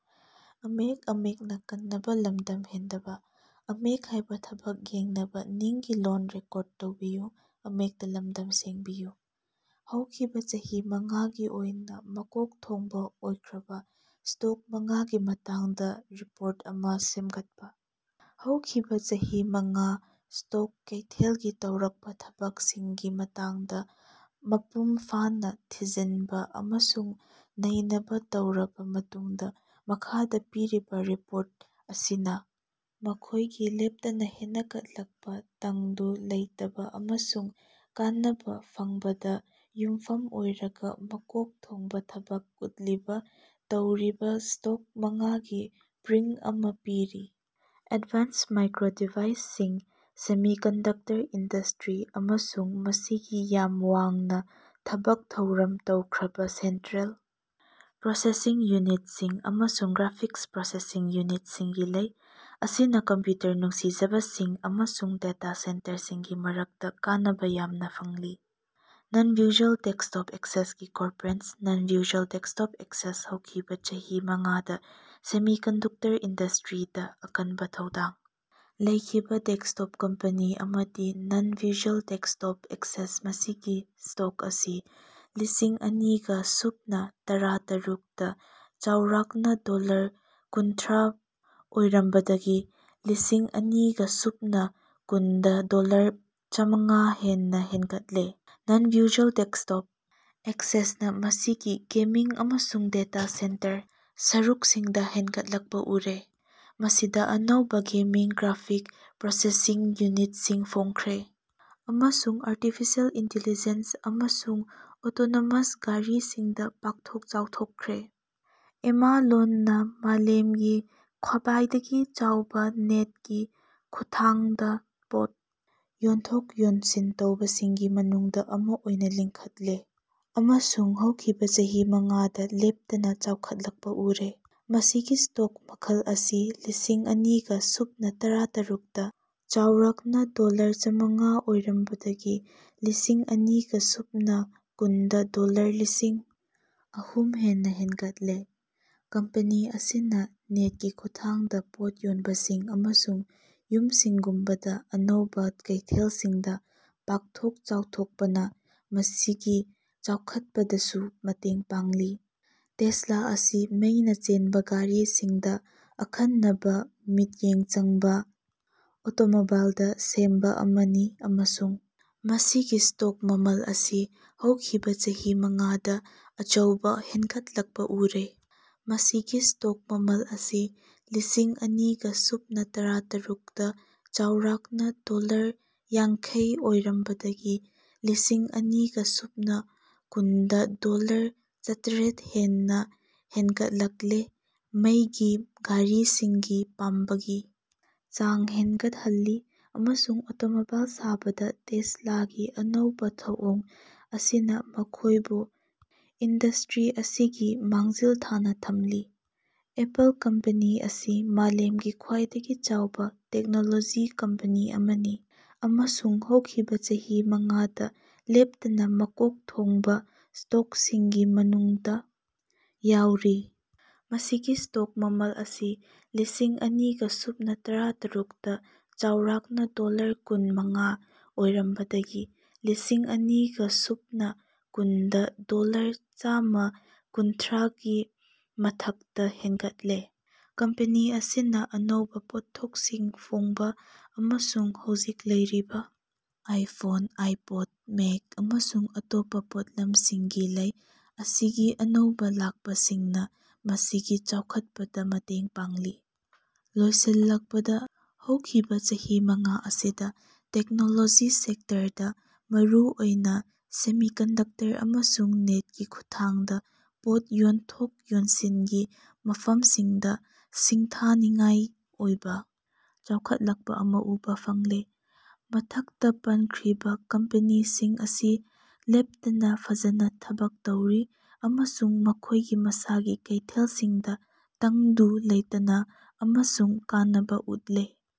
ꯍꯧꯈꯤꯕꯥ ꯆꯍꯤ ꯃꯉꯥꯒꯤ ꯑꯣꯏꯅꯥ ꯃꯀꯣꯛ ꯊꯣꯡꯕꯥ ꯑꯣꯏꯈ꯭ꯔꯥꯕ ꯁ꯭ꯇꯣꯛ ꯃꯉꯥꯒꯤ ꯃꯇꯥꯡꯗ ꯔꯤꯄꯣꯔꯠ ꯑꯃ ꯁꯦꯃꯒꯠꯄ ꯫ ꯍꯧꯈꯤꯕꯥ ꯆꯍꯤ ꯃꯉꯥꯗ ꯁ꯭ꯇꯣꯛ ꯀꯩꯊꯦꯜꯒꯤ ꯇꯧꯔꯛꯄ ꯊꯕꯛꯁꯤꯡꯒꯤ ꯃꯇꯥꯡꯗꯥ ꯃꯄꯨꯡ ꯐꯥꯅꯥ ꯊꯤꯖꯤꯟꯕ ꯑꯃꯁꯨꯡ ꯅꯩꯅꯕ ꯇꯧꯔꯕꯥ ꯃꯇꯨꯡꯗ ꯃꯈꯥꯗ ꯄꯤꯔꯤꯕꯥ ꯔꯤꯄꯣꯔꯠ ꯑꯁꯤꯅꯥ ꯃꯈꯣꯢꯒꯤ ꯂꯦꯞꯇꯅꯥ ꯍꯦꯅꯒꯠꯂꯛꯄ ꯇꯪꯗꯨ ꯂꯩꯇꯥꯕ ꯑꯃꯁꯨꯡ ꯀꯥꯟꯅꯕ ꯐꯪꯕꯗ ꯌꯨꯝꯐꯝ ꯑꯣꯏꯔꯒ ꯃꯀꯣꯛ ꯊꯣꯡꯕ ꯊꯕꯛ ꯎꯠꯂꯤꯕ ꯇꯧꯔꯤꯕꯥ ꯁ꯭ꯇꯣꯛ ꯃꯉꯥꯒꯤ ꯄꯔꯤꯡ ꯑꯃ ꯄꯤꯔꯤ꯫ ꯑꯦꯗꯚꯥꯟꯁ ꯃꯥꯏꯀ꯭ꯔꯣ ꯗꯤꯚꯥꯏꯁꯁꯤꯡ ꯁꯦꯃꯤꯀꯟꯗꯛꯇꯔ ꯏꯟꯗꯁꯇ꯭ꯔꯤ ꯑꯃꯁꯨꯡ ꯃꯁꯤꯒꯤ ꯌꯥꯝ ꯋꯥꯡꯅ ꯊꯕꯛ ꯊꯧꯔꯝ ꯇꯧꯈ꯭ꯔꯕꯥ ꯁꯦꯟꯇ꯭ꯔꯦꯜ ꯄ꯭ꯔꯣꯁꯦꯁꯁꯤꯡ ꯌꯨꯅꯤꯠꯁꯤꯡ ꯑꯃꯁꯨꯡ ꯒ꯭ꯔꯥꯐꯤꯛꯁ ꯄ꯭ꯔꯣꯁꯦꯁꯁꯤꯡ ꯌꯨꯅꯤꯠꯁꯤꯡꯒꯤ ꯂꯩꯏ ꯑꯁꯤꯅꯥ ꯀꯝꯄ꯭ꯌꯨꯇꯔ ꯅꯨꯡꯁꯤꯖꯕꯁꯤꯡ ꯑꯃꯁꯨꯡ ꯗꯦꯇꯥ ꯁꯦꯟꯇꯔꯁꯤꯡꯒꯤ ꯃꯔꯛꯇꯥ ꯀꯥꯟꯅꯕ ꯌꯥꯝꯅꯥ ꯐꯪꯂꯤ꯫ꯅꯟ ꯚꯤꯖ꯭ꯋꯦꯜ ꯗꯦꯛꯁꯇꯣꯞ ꯑꯦꯁꯦꯁ ꯒꯤ ꯀꯣꯔꯄꯣꯔꯦꯁꯟ ꯅꯟ ꯚꯤꯖ꯭ꯋꯦꯜ ꯗꯦꯛꯁꯇꯣꯞ ꯑꯦꯁꯦꯁ ꯍꯧꯈꯤꯕꯥ ꯆꯍꯤ ꯃꯉꯥꯗ ꯁꯦꯃꯤꯀꯟꯗꯨꯛꯇꯔ ꯏꯟꯗꯁꯇ꯭ꯔꯤꯗ ꯑꯀꯟꯕ ꯊꯧꯗꯥꯡ ꯂꯧꯈꯤꯕꯥ ꯑꯇꯣꯞꯄꯥ ꯀꯝꯄꯦꯅꯤ ꯑꯃꯗꯤ ꯅꯟ ꯚꯤꯖ꯭ꯋꯦꯜ ꯗꯦꯛꯁꯇꯣꯞ ꯑꯦꯁꯦꯁ ꯃꯁꯤꯒꯤ ꯁ꯭ꯇꯣꯛ ꯑꯁꯤ ꯂꯤꯁꯤꯡ ꯑꯅꯤꯒ ꯁꯨꯞꯅ ꯇꯔꯥ ꯇꯔꯨꯛ ꯇꯥ ꯆꯥꯎꯔꯥꯛꯅ ꯗꯣꯂꯔ ꯀꯨꯟꯊ꯭ꯔꯥ ꯑꯣꯏꯔꯝꯕꯗꯒꯤ ꯂꯤꯁꯤꯡ ꯑꯅꯤꯒ ꯁꯨꯞꯅ ꯀꯨꯟꯗꯥ ꯗꯣꯂꯔ ꯆꯥꯃꯉꯥ ꯍꯦꯟꯅ ꯍꯦꯟꯒꯠꯂꯦ ꯫ ꯅꯟ ꯚꯤꯖ꯭ꯋꯦꯜ ꯗꯦꯛꯁꯇꯣꯞ ꯑꯦꯁꯦꯁ ꯅ ꯃꯁꯤꯒꯤ ꯒꯦꯃꯤꯡ ꯑꯃꯁꯨꯡ ꯗꯦꯇꯥ ꯁꯦꯟꯇꯔ ꯁꯔꯨꯛꯁꯤꯡꯗ ꯍꯦꯟꯅꯒꯠꯂꯛꯄꯥ ꯎꯔꯦ ꯃꯁꯤꯗ ꯑꯅꯧꯕꯥ ꯒꯦꯃꯤꯡ ꯒ꯭ꯔꯥꯐꯤꯛ ꯄ꯭ꯔꯣꯁꯦꯁꯁꯤꯡ ꯌꯨꯅꯤꯠꯁꯤꯡ ꯐꯣꯡꯈ꯭ꯔꯦ ꯑꯃꯁꯨꯡ ꯑꯥꯔꯇꯤꯐꯤꯁꯤꯑꯦꯜ ꯏꯟꯇꯤꯂꯤꯖꯦꯟꯁ ꯑꯃꯁꯨꯡ ꯑꯣꯇꯣꯅꯣꯃꯁ ꯒꯥꯔꯤꯁꯤꯡꯗꯥ ꯄꯥꯛꯊꯣꯛ ꯆꯥꯎꯊꯣꯛꯈ꯭ꯔꯦ꯫ ꯑꯦꯃꯥꯖꯣꯟꯅꯥ ꯃꯥꯂꯦꯃꯒꯤ ꯈ꯭ꯕꯥꯏꯗꯒꯤ ꯆꯥꯎꯕꯥ ꯅꯦꯠ ꯀꯤ ꯈꯨꯊꯥꯡꯗ ꯄꯣꯠ ꯌꯣꯟꯊꯣꯛ ꯌꯣꯟꯁꯤꯟ ꯇꯧꯕꯁꯤꯡꯒꯤ ꯃꯅꯨꯡꯗ ꯑꯃ ꯑꯣꯏꯅ ꯂꯤꯡꯈꯠꯂꯦ ꯑꯃꯁꯨꯡ ꯍꯧꯈꯤꯕ ꯆꯍꯤ ꯃꯉꯥꯗ ꯂꯦꯞꯇꯅ ꯆꯥꯎꯈꯠꯂꯛꯄ ꯎꯔꯦ, ꯃꯁꯤꯒꯤ ꯁ꯭ꯇꯣꯛ ꯃꯃꯜ ꯑꯁꯤ ꯂꯤꯁꯤꯡ ꯑꯅꯤꯒ ꯁꯨꯞꯅ ꯇꯔꯥꯇꯔꯨꯛ ꯇ ꯆꯥꯎꯔꯥꯛꯅꯥ ꯗꯣꯂꯔ ꯆꯥꯃꯉꯥ ꯑꯣꯏꯔꯝꯕꯗꯒꯤ ꯂꯤꯁꯤꯡ ꯑꯅꯤꯒ ꯁꯨꯞꯅ ꯀꯨꯟꯗ ꯗꯣꯂꯔ ꯂꯤꯁꯥꯡ ꯑꯍꯨꯝ ꯍꯦꯟꯅꯥ ꯍꯦꯟꯅꯒꯠꯂꯦ꯫ ꯀꯝꯄꯦꯅꯤ ꯑꯁꯤꯅꯥ ꯅꯦꯠ ꯀꯤ ꯈꯨꯊꯥꯡꯗ ꯄꯣꯠ ꯌꯣꯟꯕꯁꯤꯡ ꯑꯃꯁꯨꯡ ꯌꯨꯝꯁꯤꯡꯒꯨꯝꯕꯗ ꯑꯅꯧꯕꯥ ꯀꯩꯊꯦꯜꯁꯤꯡꯗ ꯄꯥꯛꯊꯣꯛ ꯆꯥꯎꯊꯣꯛꯄꯅ ꯃꯁꯤꯒꯤ ꯆꯥꯎꯈꯠꯄꯗꯁꯨ ꯃꯇꯦꯡ ꯄꯥꯡꯂꯤ꯫ ꯇꯦꯁꯂꯥ ꯑꯁꯤ ꯃꯩꯅ ꯆꯦꯟꯕ ꯒꯥꯔꯤꯁꯤꯡꯗ ꯑꯈꯟꯅꯕꯥ ꯃꯤꯠꯌꯦꯡ ꯆꯪꯕꯥ ꯑꯣꯇꯣꯃꯣꯕꯥꯏꯜ ꯗ ꯁꯦꯝꯕ ꯑꯃꯅꯤ ꯑꯃꯁꯨꯡ ꯃꯁꯤꯒꯤ ꯁ꯭ꯇꯣꯛ ꯃꯃꯜ ꯑꯁꯤ ꯍꯧꯈꯤꯕꯥ ꯆꯍꯤ ꯃꯉꯥꯗ ꯑꯆꯧꯕꯥ ꯍꯦꯟꯅꯒꯠꯂꯛꯄ ꯎꯔꯦ꯫ ꯃꯁꯤꯒꯤ ꯁ꯭ꯇꯣꯛ ꯃꯃꯜ ꯑꯁꯤ ꯂꯤꯁꯤꯡ ꯑꯅꯤꯒ ꯁꯨꯞꯅ ꯇꯔꯥꯇꯔꯨꯛꯇ ꯆꯥꯎꯔꯥꯛꯅꯥ ꯗꯣꯂꯔ ꯌꯥꯡꯈꯩ ꯑꯣꯏꯔꯝꯕꯗꯒꯤ ꯂꯤꯁꯤꯡ ꯑꯅꯤꯒ ꯁꯨꯞꯅ ꯀꯨꯟꯗ ꯗꯣꯂꯔ ꯆꯥꯇ꯭ꯔꯦꯠ ꯍꯦꯟꯅꯥ ꯍꯦꯟꯅꯒꯠꯂꯦ ꯃꯩꯒꯤ ꯒꯥꯔꯤꯁꯤꯡꯒꯤ ꯄꯥꯝꯕꯒꯤ ꯆꯥꯡ ꯍꯦꯟꯅꯒꯠꯂꯛꯂꯤ ꯑꯃꯁꯨꯡ ꯑꯣꯇꯣꯃꯣꯕꯥꯏꯜ ꯁꯥꯕꯗ ꯇꯦꯁꯂꯥꯒꯤ ꯑꯅꯧꯕꯥ ꯊꯧꯑꯣꯡ ꯑꯁꯤꯅꯥ ꯃꯈꯣꯢꯕꯨ ꯏꯟꯗꯁꯇ꯭ꯔꯤ ꯑꯁꯤꯒꯤ ꯃꯥꯡꯖꯤꯜ ꯊꯥꯅ ꯊꯝꯂꯤ꯫ ꯑꯦꯄꯜ ꯀꯝꯄꯦꯅꯤ ꯑꯁꯤ ꯃꯥꯂꯦꯝꯒꯤ ꯈ꯭ꯋꯥꯏꯗꯒꯤ ꯆꯥꯎꯕ ꯇꯦꯛꯅꯣꯂꯣꯖꯤ ꯀꯝꯄꯦꯅꯤ ꯑꯃꯅꯤ ꯑꯃꯁꯨꯡ ꯍꯧꯈꯤꯕꯥ ꯆꯍꯤ ꯃꯉꯥꯗ ꯂꯦꯞꯇꯅꯥ ꯃꯀꯣꯛ ꯊꯣꯡꯕꯥ ꯁ꯭ꯇꯣꯛꯁꯤꯡꯒꯤ ꯃꯅꯨꯡꯗꯥ ꯌꯥꯎꯔꯤ꯫ ꯃꯁꯤꯒꯤ ꯁ꯭ꯇꯣꯛ ꯃꯃꯜ ꯑꯁꯤ ꯂꯤꯁꯤꯡ ꯑꯅꯤꯒ ꯁꯨꯞꯅ ꯇꯔꯥꯇꯔꯨꯛꯇꯥ ꯆꯥꯎꯔꯥꯛꯅꯥ ꯗꯣꯂꯔ ꯀꯨꯟ ꯃꯉꯥ ꯑꯣꯏꯔꯝꯕꯗꯒꯤ ꯂꯤꯁꯤꯡ ꯑꯅꯤꯒ ꯁꯨꯞꯅ ꯀꯨꯟ ꯗꯥ ꯗꯣꯂꯔ ꯆꯃꯥ ꯀꯨꯟꯊ꯭ꯔꯥꯒꯤ ꯃꯊꯛꯇ ꯍꯦꯟꯒꯠꯂꯦ ꯫ ꯀꯝꯄꯦꯅꯤ ꯑꯁꯤꯅꯥ ꯑꯅꯧꯕꯥ ꯄꯣꯠꯊꯣꯛꯁꯤꯡ ꯐꯣꯡꯕ ꯑꯃꯁꯨꯡ ꯍꯧꯖꯤꯛ ꯂꯩꯔꯤꯕ ꯑꯥꯏꯐꯣꯟ, ꯑꯥꯏꯄꯦꯗ, ꯃꯦꯛ, ꯑꯃꯁꯨꯡ ꯑꯇꯣꯞꯄ ꯄꯣꯠꯂꯝꯁꯤꯡꯒꯤ ꯂꯩꯏ ꯑꯁꯤꯒꯤ ꯑꯅꯧꯕ ꯂꯥꯛꯄꯁꯤꯡꯅ ꯃꯁꯤꯒꯤ ꯆꯥꯎꯈꯠꯄꯗ ꯃꯇꯦꯡ ꯄꯥꯡꯂꯤ꯫ ꯂꯣꯏꯁꯤꯜꯂꯛꯄꯗ ꯍꯧꯈꯤꯕꯥ ꯆꯍꯤ ꯃꯉꯥ ꯑꯁꯤꯗ ꯇꯦꯛꯅꯣꯂꯣꯖꯤ ꯁꯦꯛꯇꯔꯗꯥ ꯃꯔꯨꯑꯣꯏꯅ ꯁꯦꯃꯤꯀꯟꯗꯛꯇꯔ ꯑꯃꯁꯨꯡ ꯅꯦꯠ ꯀꯤ ꯈꯨꯊꯥꯡꯗ ꯄꯣꯠ ꯌꯣꯟꯊꯣꯛ ꯌꯣꯟꯁꯤꯟꯒꯤ ꯃꯐꯝꯁꯤꯡꯗ ꯁꯤꯡꯊꯥꯅꯤꯡꯉꯥꯏ ꯑꯣꯏꯕꯥ ꯆꯥꯎꯈꯠꯂꯛꯄ ꯑꯃ ꯎꯕ ꯐꯪꯂꯦ꯫ ꯃꯊꯛꯇ ꯄꯟꯈ꯭ꯔꯤꯕ ꯀꯝꯄꯦꯅꯤꯁꯤꯡ ꯑꯁꯤꯅ ꯂꯦꯞꯇꯅ ꯐꯖꯅ ꯊꯕꯛ ꯇꯧꯔꯤ ꯑꯃꯁꯨꯡ ꯃꯈꯣꯢꯒꯤ ꯃꯁꯥꯒꯤ ꯀꯩꯊꯦꯜꯁꯤꯡꯗ ꯇꯪꯗꯨ ꯂꯩꯇꯥꯕ ꯑꯃꯁꯨꯡ ꯀꯥꯟꯅꯕ ꯎꯠꯂꯦ ꯫